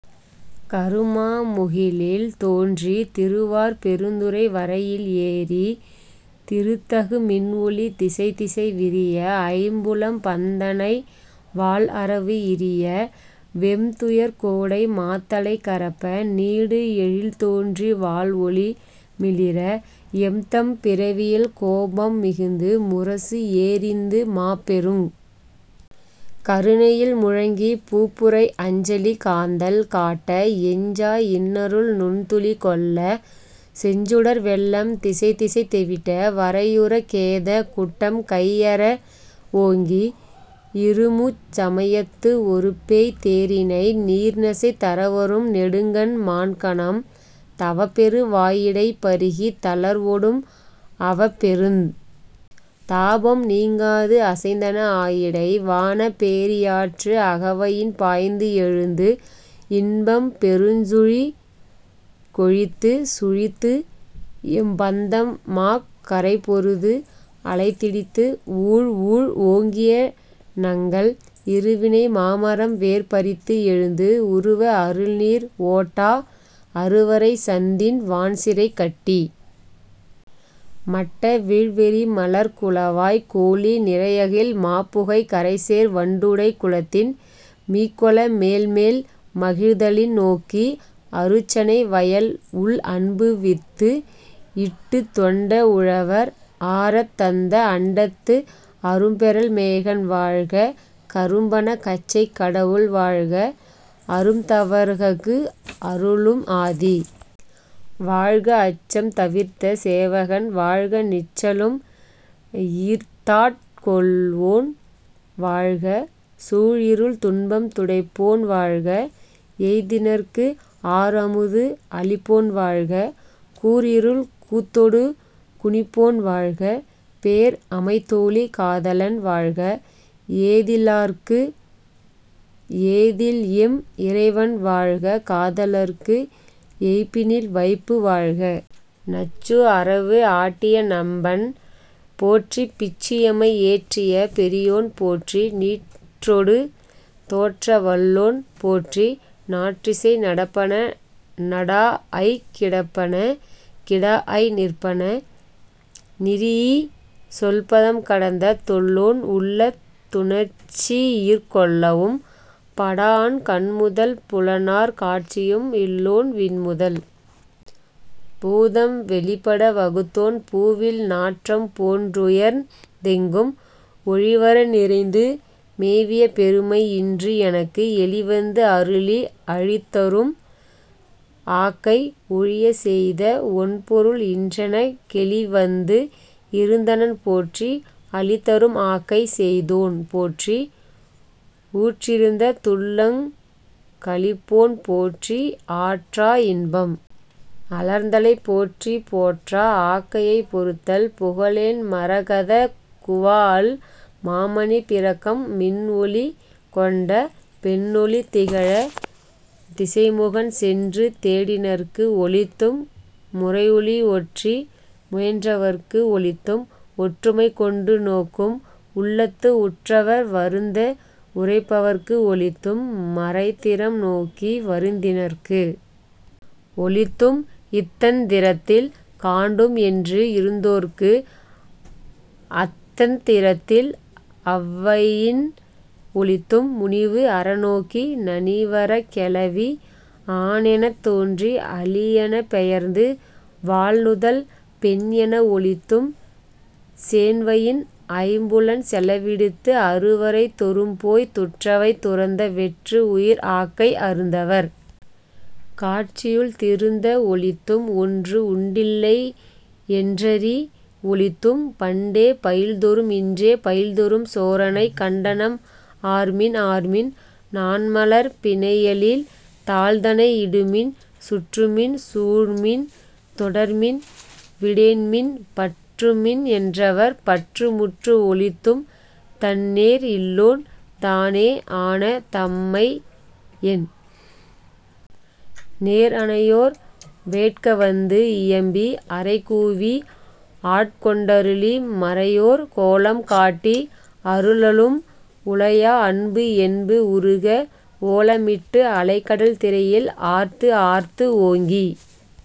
கருமா முகிலில் தோன்றித் திருவார் பெருந்துறை வரையில் ஏறித் திருத்தகு மின்ஒளி திசைதிசை விரிய ஐம்புலம் பந்தனை வாள்அரவு இரிய வெம் துயர் கோடை மாத்தலை கரப்ப நீடு எழில் தோன்றி வாள் ஒளி மிளிர எம்தம் பிறவியில் கோபம் மிகுந்து முரசு ஏறிந்து மாப்பெருங் கருணையில் முழங்கிப் பூப்புரை அஞ்சலி காந்தள் காட்ட எஞ்சா இன்னருள் நுண்துளி கொள்ளச் செஞ்சுடர் வெள்ளம் திசைதிசை தெவிட்ட வரையுறக் கேதக் குட்டம் கையற வோங்கி இருமுச் சமயத்து ஒரு பேய்த் தேரினை நீர்நசை தரவரும் நெடுங்கண் மான்கணம் தவப்பெரு வாயிடைப் பருகித் தளர்வொடும் அவப்பெருந் தாபம் நீங்காது அசைந்தன ஆயிடை வானப் பேரியாற்று அகவயின் பாய்ந்து எழுந்து இன்பம் பெருஞ்சுழி கொழித்துச் சுழித்து எம்பந்தம் மாக் கரைபொருது அலைத்திடித்து ஊழ் ஊழ் ஓங்கிய நங்கள் இருவினை மாமரம் வேர் பறித்து எழுந்து உருவ அருள்நீர் ஓட்டா அருவரைச் சந்தின் வான்சிறை கட்டி மட்டவிழ் வெறிமலர்க் குளவாய் கோலி நிறையகில் மாப்புகைக் கரைசேர் வண்டுடைக் குளத்தின் மீக்கொள மேல்மேல் மகிழ்தலின் நோக்கி அருச்சனை வயல் உள் அன்புவித்து இட்டுத் தொண்ட உழவர் ஆரத் தந்த அண்டத்து அரும்பெறல் மேகன் வாழ்க கரும்பணக் கச்சைக் கடவுள் வாழ்க அரும்தவர்ககு அருளும் ஆதி வாழ்க அச்சம் தவிர்த்த சேவகன் வாழ்க நிச்சலும் ஈர்த்தாட் கொள்வோன் வாழ்க சூழ்இருள் துன்பம் துடைப்போன் வாழ்க எய்தினர்க்கு ஆர்அமுது அளிப்போன் வாழ்க கூர்இருள் கூத்தொடு குனிப்போன் வாழ்க பேர்அமைத் தோளி காதலன் வாழ்க ஏதிலார்ககு ஏதில்எம் இறைவன் வாழ்க காதலர்க்கு எய்ப்பினில் வைப்பு வாழ்க நச்சு அரவு ஆட்டிய நம்பன் போற்றி பிச்சு எமை ஏற்றிய பெரியோன் போற்றி நீற்றொடு தோற்ற வல்லோன் போற்றி நாற்றிசை நடப்பன நடாஅய்க் கிடப்பன கிடாஅய் நிற்பன நிறீ சொல்பதம் கடந்த தொல்லோன் உள்ளத் துணர்ச்சியிற் கொள்ளவும் படாஅன் கண்முதல் புலனாற் காட்சியும் இல்லோன் விண்முதல் பூதம் வெளிப்பட வகுத்தோன் பூவில் நாற்றம் போன்றுயர்ந் தெங்கும் ஒழிவற நிறைந்து மேவிய பெருமை இன்று எனக்கு எளிவந்து அருளி அழிதரும் ஆக்கை ஒழியச்செய்த ஒண்பொருள் இன்றெனக் கெளிவந்து இருந்தனன் போற்றி அளிதரும் ஆக்கை செய்தோன் போற்றி ஊற்றிருந்த துள்ளங் களிப்போன் போற்றி ஆற்றா இன்பம் அலர்ந்தலை போற்றி போற்றா ஆக்கையைப் பொறுத்தல் புகலேன் மரகதக் குவாஅல் மாமணிப் பிறக்கம் மின்ஒளி கொண்ட பொன்னொளி திகழத் திசைமுகன் சென்று தேடினர்க்கு ஒளித்தும் முறையுளி ஒற்றி முயன்றவர்க்கு ஒளித்தும் ஒற்றுமை கொண்டு நோக்கும் உள்ளத்து உற்றவர் வருந்த உறைப்பவர்க்கு ஒளித்தும் மறைத்திறம் நோக்கி வருந்தினர்க்கு ஒளித்தும் இத்தந் திரத்தில் காண்டும் என்று இருந்தோர்க்கு அத்தந் திரத்தில் அவ்வயின் ஒளித்தும் முனிவு அற நோக்கி நனிவரக் கௌவி ஆணெனத் தோன்றி அலியெனப் பெயர்ந்து வாள்நுதல் பெண்என ஒளித்தும் சேண்வயின் ஐம்புலன் செலவிடுத்து அருவரை தொறும்போய்த் துற்றவை துறந்த வெற்று உயிர் ஆக்கை அருந்தவர் காட்சியுள் திருந்த ஒளித்தும் ஒன்று உண்டில்லை யென்றறி வொளித்தும் பண்டே பயில்தொறும் இன்றே பயில்தொறும் சோரனைக் கண்டனம் ஆர்மின் ஆர்மின் நாண்மலர்ப் பிணையலில் தாள்தனை இடுமின் சுற்றுமின் சூழ்மின் தொடர்மின் விடேன்மின் பற்றுமின் என்றவர் பற்றுமுற்று ஒளித்தும் தன்நேர் இல்லோன் தானே ஆன தன்மை என் நேர் அனையோர் வேட்கவந்து இயம்பி அறைகூவி ஆட்கொண்டருளி மறையோர் கோலம் காட்டி அருளலும் உலையா அன்பு என்பு உருக ஓலமிட்டு அலைகடல் திரையில் ஆர்த்து ஆர்த்து ஓங்கித்